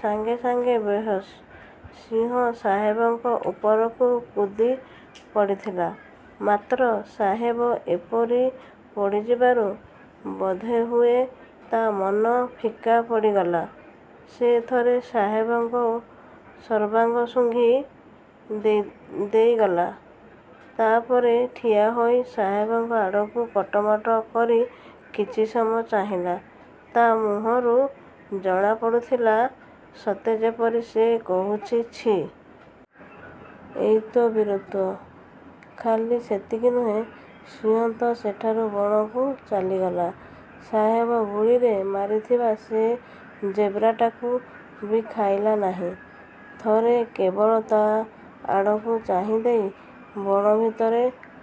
ସାଙ୍ଗେସାଙ୍ଗେ ବେହୋସ। ସିଂହ ସାହେବଙ୍କ ଉପରକୁ କୁଦି ପଡ଼ିଥିଲା; ମାତ୍ର ସାହେବ ଏପରି ପଡ଼ିଯିବାରୁ ବୋଧହୁଏ ତା' ମନ ଫିକା ପଡ଼ିଗଲା। ସେ ଥରେ ସାହେବଙ୍କ ସର୍ବାଙ୍ଗ ଶୁଙ୍ଘି ଦେଇଗଲା, ତା'ପରେ ଠିଆହୋଇ ସାହେବଙ୍କ ଆଡ଼କୁ କଟମଟ କରି କିଛି ସମୟ ଚାହିଁଲା। ତା' ମୁହଁରୁ ଜଣାପଡ଼ୁଥିଲା, ସତେ ଯେପରି ସେ କହୁଛି, 'ଛି! ଏଇ ତ ବୀରତ୍ୱ! ' ଖାଲି ସେତିକି ନୁହେଁ। ସିଂହ ତ ସେଠାରୁ ବଣକୁ ଚାଲିଗଲା। ସାହେବ ଗୁଳିରେ ମାରିଥିବା ସେ ଜେବ୍ରାଟାକୁ ବି ଖାଇଲା ନାହିଁ। ଥରେ କେବଳ ତା' ଆଡ଼କୁ ଚାହିଁଦେଇ ବଣ ଭିତରେ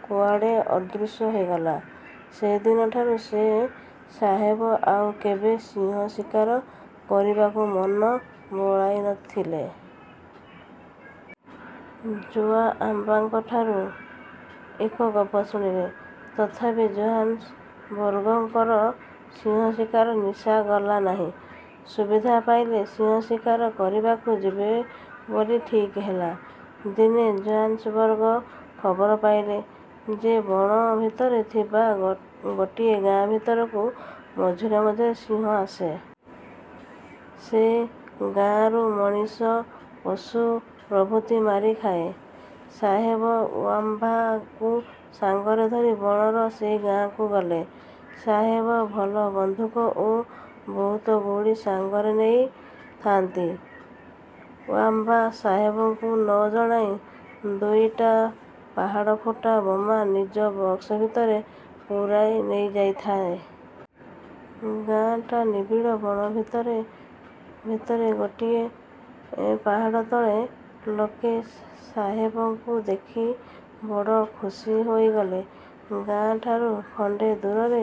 କୁଆଡ଼େ ଅଦୃଶ୍ୟ ହୋଇଗଲା। ସେହିଦିନଠାରୁ ସେ ସାହେବ ଆଉ କେବେ ସିଂହ ଶିକାର କରିବାକୁ ମନ ବଳାଇ ନ ଥିଲେ। ଉଆମ୍ବାଠାରୁ ଏ ଗପ ଶୁଣିଲେ, ତଥାପି ଜୋହାନ୍ସବର୍ଗଙ୍କର ସିଂହ ଶିକାର ନିଶା ଗଲା ନାହିଁ। ସୁବିଧା ପାଇଲେ ସିଂହ ଶିକାର କରିବାକୁ ଯିବେ ବୋଲି ଠିକ୍ ହେଲା। ଦିନେ ଜୋହାନ୍ସବର୍ଗ ଖବର ପାଇଲେ ଯେ, ବଣ ଭିତରେ ଥିବା ଗୋଟାଏ ଗାଁ ଭିତରକୁ ମଝିରେ ମଝିରେ ସିଂହ ଆସେ। ସେ ଗାଁରୁ ମଣିଷ, ପଶୁ ପ୍ରଭୁତି ମାରି ଖାଏ। ସାହେବ ଉଆମ୍ବାକୁ ସାଙ୍ଗରେ ଧରି ବଣର ସେହି ଗାଁକୁ ଗଲେ। ସାହେବ ଭଲ ବନ୍ଧୁକ ଓ ବହୁତ ଗୁଳି ସାଙ୍ଗରେ ନେଇଥାଆନ୍ତି। ଉଆମ୍ବା ସାହେବଙ୍କୁ ନ ଜଣାଇ ଦୁଇଟା ପାହାଡ଼ ଫଟା ବୋମା ନିଜ ବକ୍ସ ଭିତରେ ପୂରାଇ ନେଇଯାଇଥାଏ। ଗାଆଁଟା ନିବିଡ଼ ବଣ ଭିତରେ ଗୋଟାଏ ପାହାଡ଼ ତଳେ। ଲୋକେ ସ। ହେବଙ୍କୁ ଦେଖି ବଡ଼ ଖୁସି ହୋଇଗଲେ। ଗାଁ ଠାରୁ ଖଣ୍ଡେଦୂରରେ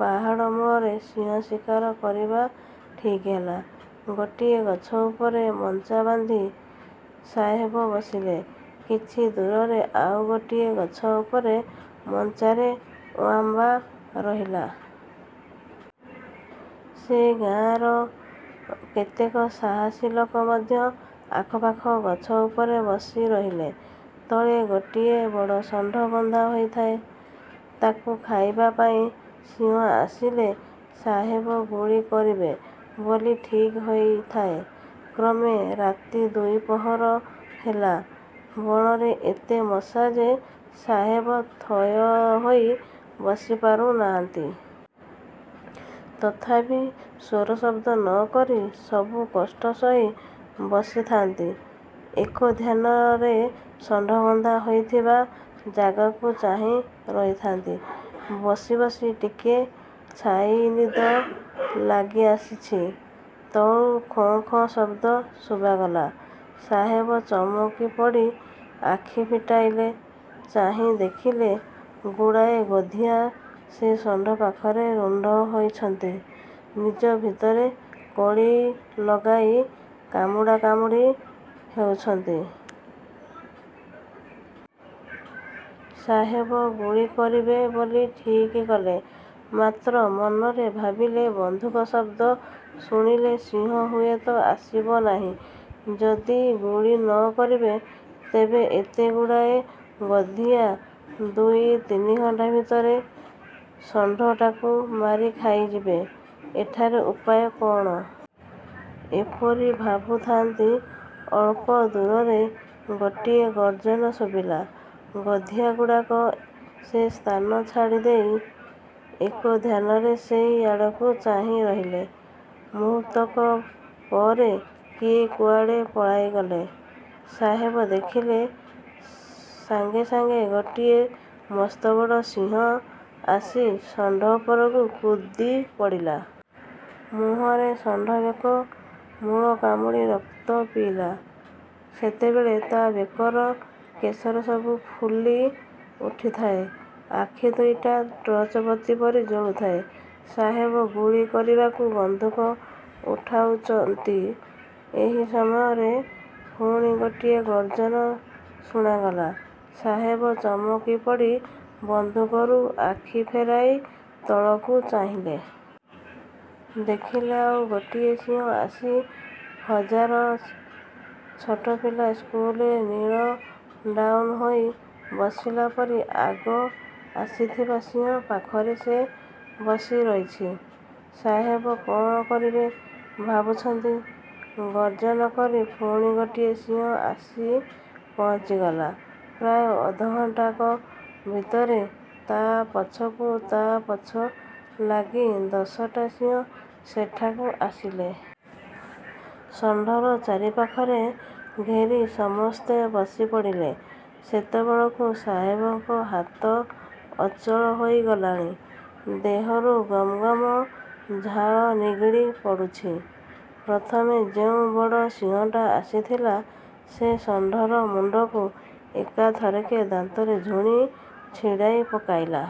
ପାହାଡ଼ମୂଳରେ ସିଂହ ଶିକାର କରିବା ଠିକ୍ ହେଲା। ଗୋଟିଏ ଗଛ ଉପରେ ମଞ୍ଚା ବାନ୍ଧି ସାହେବ ବସିଲେ। କିଛି ଦୂରରେ ଆଉ ଗୋଟିଏ ଗଛ ଉପରେ ମଞ୍ଚାରେ ଉଆମ୍ବା ରହିଲା। ସେ ଗାଆଁର କେତେକ ସାହସୀ ଲୋକ ମଧ୍ୟ ଆଖପାଖ ଗଛ ଉପରେ ବସିରହିଲେ। ତଳେ ଗୋଟିଏ ବଡ଼ ଷଣ୍ଢ ବନ୍ଧା ହୋଇଥାଏ। ତାକୁ ଖାଇବା ପାଇଁ ସିଂହ ଆସିଲେ, ସାହେବ ଗୁଳି କରିବେ ବୋଲି ଠିକ୍ ହୋଇଥାଏ। କ୍ରମେ ରାତି ଦୁଇ ପହର ହେଲା। ବଣରେ ଏତେ ମଶା ଯେ, ସାହେବ ଥୟ ହୋଇ ବସିପାରୁନାହାନ୍ତି।। ତଥାପି ସ୍ୱରଶବ୍ଦ ନ କରି ସବୁ କଷ୍ଟ ସହି ବସିଥାଆନ୍ତି। ଏକଧ୍ୟାନରେ ଷଣ୍ଢ ବନ୍ଧା ହୋଇଥିବା ଜାଗାକୁ ଚାହିଁ ରହିଥାଆନ୍ତି। ବସି ବସି ଟିକିଏ ଛାଇଦିନ ଲାଗିଆସିଛି; ତଳୁ ଖେଁ ଖାଁ ଶବ୍ଦ ଶୁଣାଗଲା। ସାହେବ ଚମକି ପଡ଼ି ଆଖି ଫିଟାଇଲେ। ଚାହିଁ ଦେଖିଲେ, ଗୁଡ଼ାଏ ଗଧିଆ ସେ ଷଣ୍ଢ ପାଖରେ ରୁଣ୍ଡ ହୋଇଛନ୍ତି; ନିଜ ଭିତରେ କଳି ଲଗାଇ କାମୁଡ଼ା କାମୁଡ଼ି ହେଉଛନ୍ତି। ସାହେବ ଗୁଳି କରିବେ ବୋଲି ଠିକ୍ କଲେ; ମାତ୍ର ମନରେ ଭାବିଲେ, ବନ୍ଧୁକ ଶବ୍ଦ ଶୁଣିଲେ ସିଂହ ହୁଏତ ଆସିବ ନାହିଁ। ଯଦି ଗୁଳି ନ କରିବେ, ତେବେ ଏତେଗୁଡ଼ାଏ ଗଧିଆ ଦୁଇ ତିନି ଘଣ୍ଟା ଭିତରେ ଷଣ୍ଢଟାକୁ ମାରି ଖାଇଯିବେ। ଏଠାରେ ଉପାୟ କଅଣ? ଏହିପରି ଭାବୁଥାଆନ୍ତି, ଅଳ୍ପ ଦୂରରେ ଗୋଟାଏ ଗର୍ଜନ ଶୁଭିଲା। ଗଧିଆଗୁଡ଼ାକ ସେ ସ୍ଥାନ ଛାଡ଼ିଦେଇ ଏକଧ୍ୟାନରେ ସେହି ଆଡ଼କୁ ଚାହିଁ ରହିଲେ। ମୁହୂର୍ତ୍ତକ ପରେ କିଏ କୁଆଡ଼େ ପଳାଇଗଲେ। ସାହେବ ଦେଖିଲେ, ସାଙ୍ଗେ ସାଙ୍ଗେ ଗୋଟାଏ ମସ୍ତ ବଡ଼ ସିଂହ ଆସି ଷଣ୍ଢ ଉପରକୁ କୁଦି ପଡ଼ିଲା। ମୁହଁରେ ଷଣ୍ଢ ବେକ ମୂଳ କାମୁଡ଼ି ରକ୍ତ ପିଇଲା। ସେତେବେଳେ ତା' ବେକର କେଶରସବୁ ଫୁଲି ଉଠିଥାଏ, ଆଖି ଦୁଇଟା ଟର୍ଚ୍ଚବତୀ ପରି ଜଳୁଥାଏ। ସାହେବ ଗୁଳି କରିବାକୁ ବନ୍ଧୁକ ଉଠାଉଚନ୍ତି, ଏହି ସମୟରେ ପୁଣି ଗୋଟାଏ ଗର୍ଜନ ଶୁଣାଗଲା। ସାହେବ ଚମକି ପଡ଼ି ବନ୍ଧୁକରୁ ଆଖି ଫେରାଇ ତଳକୁ ଚାହିଁଲେ। ଦେଖିଲେ, ଆଉ ଗୋଟାଏ ସିଂହ ଆସି ହଜାର। ଛୋଟ ପିଲା ସ୍କୁଲରେ 'ନୀଲ ଡାଉନ ' ହୋଇ ବସିଲା ପରି ଆଗ ଆସିଥିବା ସିଂହ ପାଖରେ ସେ ବସିରହିଛି। ସାହେବ କଅଣ କରିବେ ଭାବୁଛନ୍ତି-ଗର୍ଜନ କରି ପୁଣି ଗୋଟାଏ ସିଂହ ଆସି ପହଞ୍ଚିଗଲା। ପ୍ରାୟ ଅଧଘଣ୍ଟାକ ଭିତରେ ତା' ପଛକୁ ତା' ପଛ ଲାଗି ଦଶଟା ସିଂହ ସେଠାକୁ ଆସିଲେ-। ଷଣ୍ଢର ଚାରିପାଖରେ ଘେରି ସମସ୍ତେ ବସିପଡ଼ିଲେ। ସେତେବେଳକୁ ସାହେବଙ୍କ ହାତ ଅଚଳ ହୋଇଗଲାଣି। ଦେହରୁ ଗମଗମ ଝାଳ ନିଗିଡ଼ି ପଡ଼ୁଛି। ପ୍ରଥମେ ଯେଉଁ ବଡ଼ ସିଂହଟା ଆସିଥିଲା, ସେ ଷଣ୍ଢର ମୁଣ୍ଡଟାକୁ ଏକାଥରକେ ଦାନ୍ତରେ ଝୁଣି ଛିଡ଼ାଇ ପକାଇଲ।